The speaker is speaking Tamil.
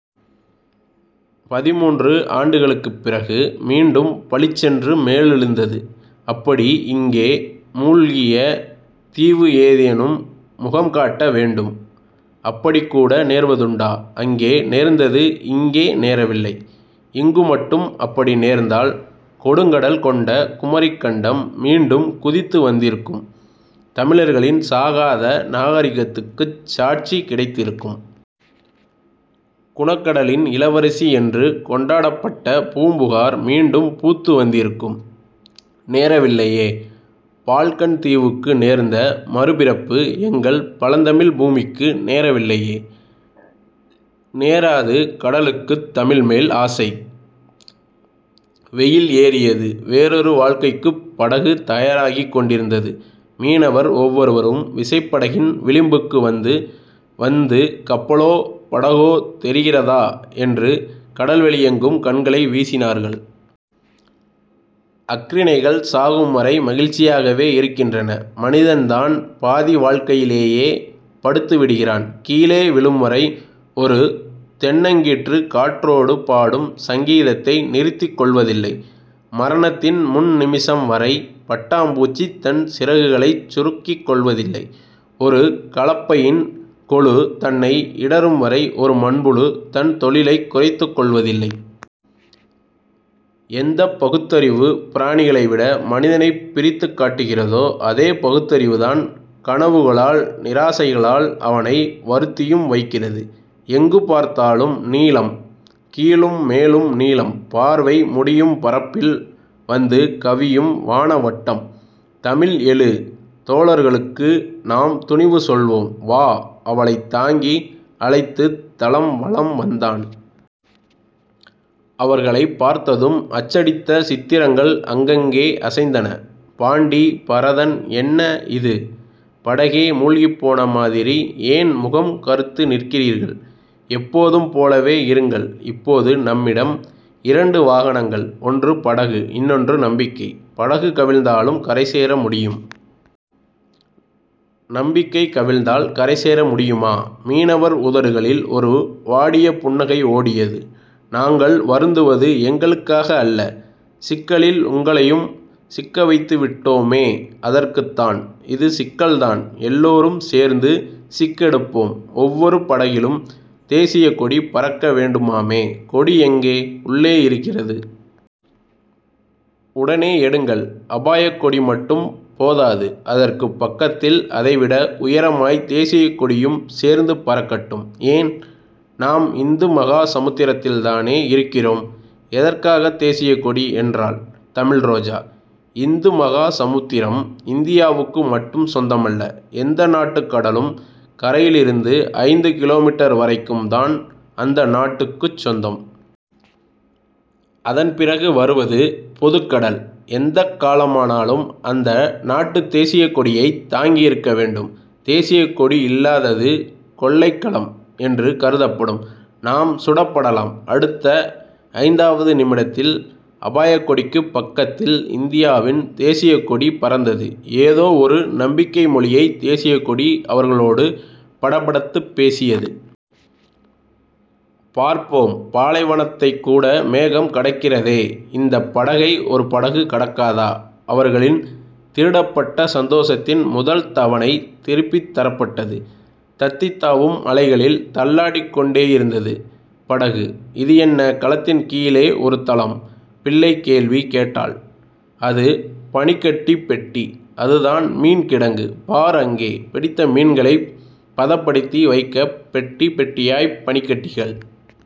பதின்முன்று ஆண்டுகளுக்குப் பிறகு மீண்டும் பளிச்சென்று மேலெழுந்தது. அப்படி இங்கே முழ்கிய தீவு ஏதேனும் முகம் காட்ட வேண்டும். அப்படிக்கூட நேர்வதுண்டா? அங்கே நேர்ந்தது, இங்கே நேரவில்லை. இங்கு மட்டும் அப்படி நேர்ந்தால் கொடுங்கடல் கொண்ட குமரிக்கண்டம் மீண்டும் குதித்து வந்திருக்கும். தமிழர்களின் சாகாத நாகரிகத்துக்குச் சாட்சி கிடைத்திருக்கும். குணகடலின் இளவரசி என்று கொண்டாடப்பட்ட பூம்புகார் மீண்டும் பூத்து வந்திருக்கும். நேரவில்லையே. பால்கன் தீவுக்கு நேர்ந்த மறுபிறப்பு எங்கள் பழந்தமிழ் பூமிக்கு நேரவில்லையே. நேராது. கடலுக்குத் தமிழ்மேல் ஆசை. வெயில் ஏறியது. வேறோரு வாழ்க்கைக்குப் படகு தயாராகிக் கொண்டிருந்தது. மீனவர் ஒவ்வொருவரும் விசைப்படகின் விளிம்புக்கு வந்து வந்து கப்பலோ படகோ தெரிகிறதா என்று கடல்வெளியெங்கும் கண்களை வீசினார்கள். அஃறிணைகள் சாகும்வரை மகிழ்ச்சியாகவே இருக்கின்றன. மனிதன்தான் பாதி வாழ்க்கையிலேயே படுத்துவிடுகிறான். கீழே விழும்வரை ஒரு தென்னங்கீற்று காற்றோடு பாடும் சங்கீதத்தை நிறுத்திக் கொள்வதில்லை. மரணத்தின் முன்நிமிஷம் வரை பட்டாம் பூச்சித் தன் சிறகுகளைச் சுருக்கிக் கொள்வதில்லை. ஒரு கலப்பையின்கொழு தன்னை இடறும்வரை ஒரு மண்புழு தன் தொழிலைக் குறைத்துக் கொள்வதில்லை. எந்தப் பகுத்தறிவு, பிராணிகளைவிட மனிதனைப் பிரித்துக் காட்டுகிறதோ அதே பகுத்தறிவுதான் கனவுகளால் நிராசைகளால் அவனை வருத்தியும் வைக்கிறது. எங்கு பார்த்தாலும் நீலம். கீழும் மேலும் நீலம். பார்வை முடியும் பரப்பில் வந்து கவியும் வானவட்டம். தமிழ் எழு. தோழர்களுக்கு நாம் துணிவு சொல்வோம். வா. அவளைத் தாங்கி அழைத்துத் தளம் வலம் வந்தான். அவர்களைப் பார்த்ததும் அச்சடித்த சித்திரங்கள் அங்கங்கே அசைந்தன. பாண்டி. பரதன். என்ன இது? படகே முழ்கிப் போன மாதிரி ஏன் முகம் கறுத்து நிற்கிறீர்கள்? எப்போதும் போலவே இருங்கள். இப்போது நம்மிடம் இரண்டு வாகனங்கள். ஒன்று படகு. இன்னொன்று நம்பிக்கை. படகு கவிழ்ந்தாலும் கரைசேர முடியும். நம்பிக்கை கவிழ்ந்தால் கரைசேர முடியுமா? மீனவர் உதடுகளில் ஒரு வாடிய புன்னகை ஓடியது. நாங்கள் வருந்துவது எங்களுக்காக அல்ல. சிக்கலில் உங்களையும் சிக்கவைத்துவிட்டோ மே. அதற்குத்தான். இது சிக்கல்தான். எல்லோரும் சேர்ந்து சிக்கெடுப்போம். ஒவ்வொரு படகிலும் தேசியக்கொடி பறக்க வேண்டுமாமே. கொடி எங்கே? உள்ளே இருக்கிறது. உடனே எடுங்கள். அபாயக்கொடி மட்டும் போதாது. அதற்குப் பக்கத்தில் அதைவிட உயரமாய் தேசியக்கொடியும் சேர்ந்து பறக்கட்டும். ஏன்? நாம் இந்து மகா சமுத்திரத்தில்தானே இருக்கிறோம். எதற்காகத் தேசியக்கொடி? என்றாள் தமிழ்ரோஜா. இந்துமகா சமுத்திரம் இந்தியாவுக்கு மட்டும் சொந்தமல்ல. எந்த நாட்டுக் கடலும் கரையிலிருந்து ஐந்து கிலோமீட்டர்வரைக்கும்தான் அந்த நாட்டுக்குச் சொந்தம். அதன் பிறகு வருவது பொதுக்கடல். எந்தக் கலமானாலும் அந்த நாட்டுத் தேசியக் கொடியைத் தாங்கியிருக்கவேண்டும். தேசியக்கொடி இல்லாதது கொள்ளைக்கலம் என்று கருதப்படும். நாம் சுடப்படலாம். அடுத்த ஐந்தாவது நிமிடத்தில் அபாயக்கொடிக்குப் பக்கத்தில் இந்தியாவின் தேசியக்கொடி பறந்தது. ஏதோ ஒரு நம்பிக்கைமொழியைத் தேசியக்கொடி அவர்களோடு படபடத்துப் பேசியது. பார்ப்போம், பாலைவனத்தைக்கூட மேகம் கடக்கிறதே. இந்தப் படகை ஒரு படகு கடக்காதா? அவர்களின் திருடப்பட்ட சந்தோஷத்தின் முதல் தவணை திருப்பித் தரப்பட்டது. தத்தித்தாவும் அலைகளில் தள்ளாடிக் கொண்டேயிருந்தது படகு. இது என்ன கலத்தின் கீழே ஒரு தளம்? பிள்ளைக்கேள்வி கேட்டாள் அது பனிக்கட்டிப்பெட்டி. அதுதான் மீன் கிடங்கு. பார் அங்கே. பிடித்த மீன்களைப் பதப்படுத்தி வைக்கப் பெட்டிப் பெட்டியாய்ப் பனிக்கட்டிகள்.